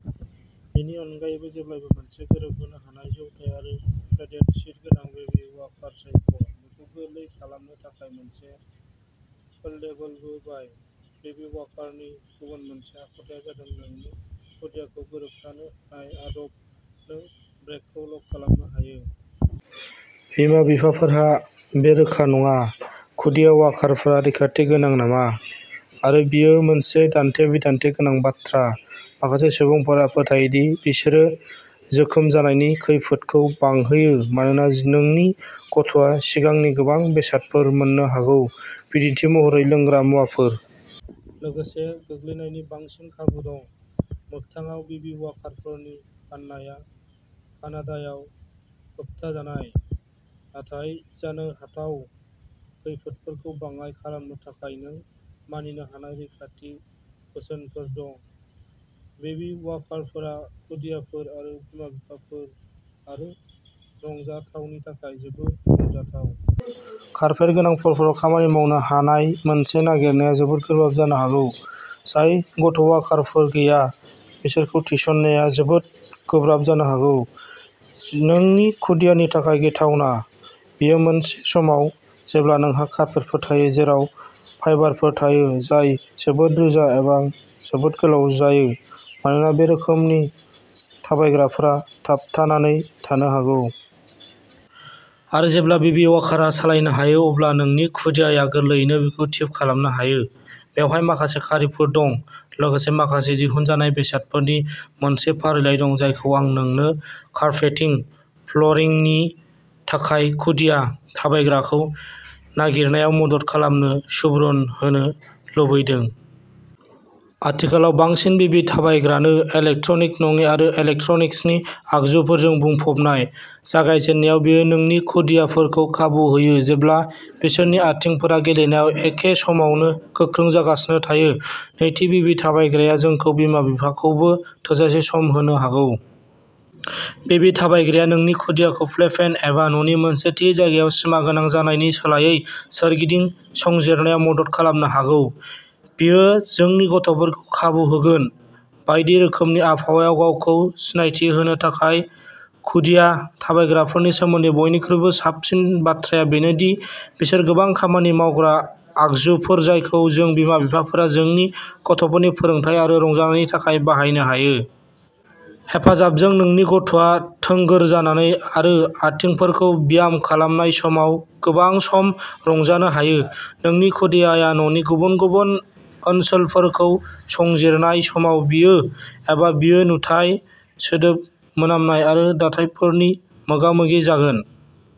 बेनि अनगायैबो, जेब्लाबो मोनसे गोरोबहोनो हानाय जौथाय आरो पेडेड सिट गोनां बेबी वाकार सायख'। बेखौ गोरलै खालामनो थाखाय मोनसे फोल्डेबलबो बाय। बेबी वाकारनि गुबुन मोनसे आखुथाया जादों नोंनि खुदियाखौ होबथानो हानाय आदब। नों ब्रेकखौ लक खालामनो हायो। बिमा-बिफाफोरहा बे रोखा नङाः खुदिया वाकारफोरा रैखाथि गोनां नामा? आरो बेयो मोनसे दान्थे-बिदान्थे गोनां बाथ्रा। माखासे सुबुंफोरा फोथायो दि बिसोरो जोखोम जानायनि खैफोदखौ बांहोयो मानोना नोंनि गथ'आ सिगांनि गोबां बेसादफोर मोननो हागौ, बिदिन्थि महरै लोंग्रा मुवाफोर। लोगोसे गोग्लैनायनि बांसिन खाबु दं। मोगथाङाव, बेबी वाकारफोरनि फाननाया कानाडायाव होबथाजानाय। नाथाय जानो हाथाव खैफोदफोरखौ बाङाइ खालामनो थाखाय नों मानिनो हानाय रैखाथि बोसोनफोर दं। बेबी वाकारफोरा खुदियाफोर आरो बिमा-बिफाफोर आरो रंजाथावनि थाखाय जोबोद रंजाथाव। कारपेट गोनां फ्ल'रफोराव खामानि मावनो हानाय मोनसे नागिरनाया जोबोद गोब्राब जानो हागौ। जाय गथ'वाकारफोर गैया, बिसोरखौ थिसननाया जोबोद गोब्राब जानो हागौ। नोंनि खुदियानि थाखाय गिथावना। बेयो मोनसे समाव जेब्ला नोंहा कार्पेटफोर थायो जेराव फाइबारफोर थायो जाय जोबोद रोजा एबा जोबोद गोलाव जायो मानोना बे रोखोमनि थाबायग्राफोरा थाबथानानै थानो हागौ। आरो जेब्ला बेबी वाकारआ सालायनो हायो, अब्ला नोंनि खुदियाया गोरलैयैनो बेखौ टिप खालामनो हायो। बेवहाय माखासे खारिथिफोर दं, लोगोसे माखासे दिहुनजानाय बेसादफोरनि मोनसे फारिलाइ दं जायखौ आं नोंनो कार्पेटिं फ्ल'रिंनि थाखाय खुदिया थाबायग्राखौ नागिरनायाव मदद खालामनो सुबुरुन होनो लुबैदों। आथिखालाव, बांसिन बेबी थाबायग्रानो इलेक्ट्रनिक नङि आरो इलेक्ट्रनिक्सनि आगजुफोरजों बुंफबनाय। जागायजेननायाव, बेयो नोंनि खुदियाफोरखौ खाबु होयो जेब्ला बिसोरनि आथिंफोरा गेलेनायाव एखे समावनो गोख्रों जागासिनो थायो। नैथि, बेबी थाबायग्राया जोंखौ, बिमा-बिफाखौबो थोजासे सम होनो हागौ। बेबी थाबायग्राया नोंनि खुदियाखौ प्लेपेन एबा न'नि मोनसे थि जायगायाव सिमागोनां जानायनि सोलायै सोरगिदिं संजिरनायाव मदद खालामनो हागौ। बेयो जोंनि गथ'फोरखौ खाबु होगोन। बायदि रोखोमनि आबहावायाव गावखौ सिनायथि होनो थाखाय। खुदिया थाबायग्राफोरनि सोमोन्दै बयनिख्रुइबो साबसिन बाथ्राया बेनो दि बिसोर गोबां खामानि मावग्रा आगजुफोर जायखौ जों बिमा-बिफाफोरा जोंनि गथ'फोरनि फोरोंथाय आरो रंजानायनि थाखाय बाहायनो हायो। हेफाजाबजों, नोंनि गथ'आ थोंगोर जानानै आरो आथिंफोरखौ ब्याम खालामनाय समाव गोबां सम रंजानो हायो। नोंनि खुदियाया न'नि गुबुन गुबुन ओनसोलफोरखौ संजिरनाय समाव, बियो एबा बियो नुथाय, सोदोब, मोनामनाय आरो दाथायफोरनि मोगामोगि जागोन।